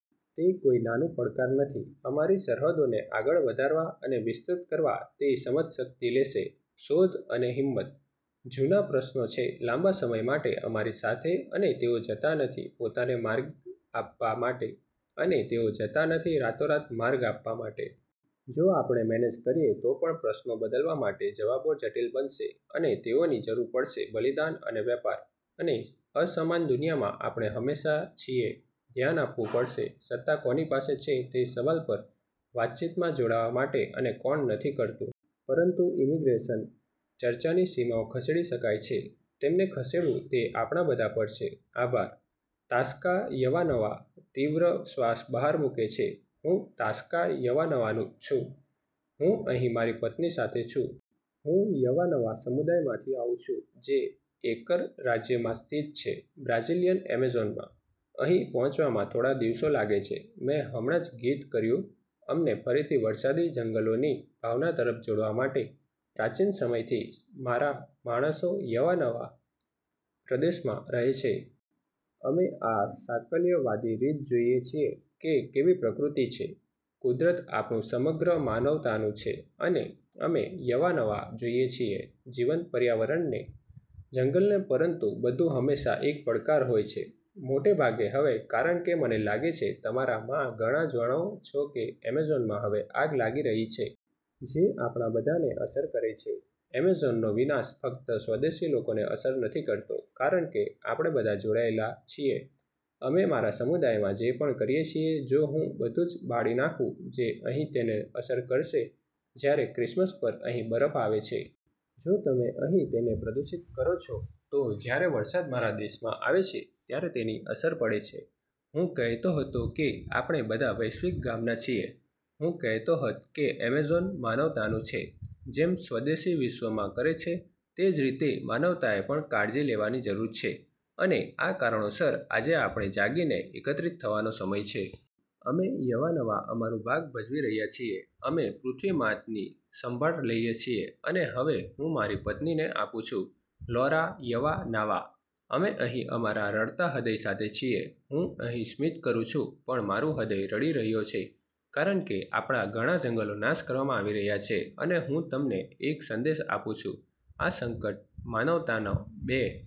તે કોઈ નાનું પડકાર નથી અમારી સરહદોને આગળ વધારવા અને વિસ્તૃત કરવા. તે સમજશક્તિ લેશે, શોધ અને હિંમત. જૂના પ્રશ્નો છે લાંબા સમય માટે અમારી સાથે, અને તેઓ જતા નથી પોતાને માર્ગ આપવા માટે, અને તેઓ જતા નથી રાતોરાત માર્ગ આપવા માટે. જો આપણે મેનેજ કરીએ તો પણ પ્રશ્નો બદલવા માટે, જવાબો જટિલ બનશે, અને તેઓની જરૂર પડશે બલિદાન અને વેપાર. અને અસમાન દુનિયામાં, આપણે હંમેશાં છીએ ધ્યાન આપવું પડશે સત્તા કોની પાસે છે તે સવાલ પર વાતચીતમાં જોડાવા માટે અને કોણ નથી કરતું. પરંતુ ઇમિગ્રેશન ચર્ચાની સીમાઓ ખસેડી શકાય છે. તેમને ખસેડવું તે આપણા બધા પર છે. આભાર.. તાશ્કા યવાનવા તીવ્ર શ્વાસ બહાર મૂકે છે. હું તાશ્કા યવાનવા છું. હું અહીં મારી પત્ની સાથે છું. હું યવાનવા સમુદાય માંથી આવું છું, જે એકર રાજ્યમાં સ્થિત છે બ્રાઝીલીયન એમેઝોનમાં. અહીં પહોંચવામાં થોડા દિવસો લાગે છે. મેં હમણાં જ ગીત કર્યું અમને ફરીથી વરસાદી જંગલોની ભાવના તરફ જોડવા માટે પ્રાચીન સમયથી મારા માણસો યવાનાવા પ્રદેશમાં રહે છે. અમે આ સાકલ્યવાદી રીત જોઈએ છીએ કે કેવી પ્રકૃતિ છે. કુદરત, આપણુું સમગ્ર માનવતાનું છે અને અમે યવાનવા જોઈએ છીએ જીવંત પર્યાવરણને, જંગલને પરંતુ બધું હંમેશાં એક પડકાર હોય છે. મોટે ભાગે હવે કારણ કે મને લાગે છે તમારા માં ઘણા જાણો છો કે એમેઝોનમાં હવે આગ લાગી રહી છે. જે આપણા બધાને અસર કરે છે. એમેઝોનનો વિનાશ ફક્ત સ્વદેશી લોકોને અસર નથી કરતો, કારણ કે આપણે બધા જોડાયેલા છીએ. અમે મારા સમુદાયમાં જે પણ કરીએ છીએ, જો હું બધુ જ બાળી નાખું, જે અહીં તેને અસર કરશે, જ્યારે ક્રિસમસ પર અહીં બરફ આવે છે. જો તમે અહીં તેને પ્રદૂષિત કરો છો, તો જ્યારે વરસાદ મારા દેશમાં આવે છે, ત્યારે તેની અસર પડે છે. હું કહેતો કે આપણે બધા વૈશ્વિક ગામનાં છીએ. હું કહેતો હત, કે એમેઝોન માનવતાનું છે, જેમ સ્વદેશી વિશ્વમાં કરે છે તે જ રીતે માનવતાએ પણ કાળજી લેવાની જરૂર છે અને આ કારણોસર આજે આપણે જાગીને, એકત્રિત થવાનો સમય છે. અમે યવાનવા અમારું ભાગ ભજવી રહ્યા છીએ. અમે પૃથ્વી માત ની સંભાળ લઈએ છીએ. અને હવે, હું મારી પત્નીને આપું છું. લૌરા યવાનાવા: અમે અહીં અમારા રડતાં હૃદય સાથે છીએ. હું અહીં સ્મિત કરું છું, પણ મારું હૃદય રડી રહ્યો છે, કારણ કે આપણા ઘણા જંગલો નાશ કરવામાં આવી રહ્યા છે અને હું તમને એક સંદેશ આપવા માંગું છું. આ સંકટ માનવતાને બે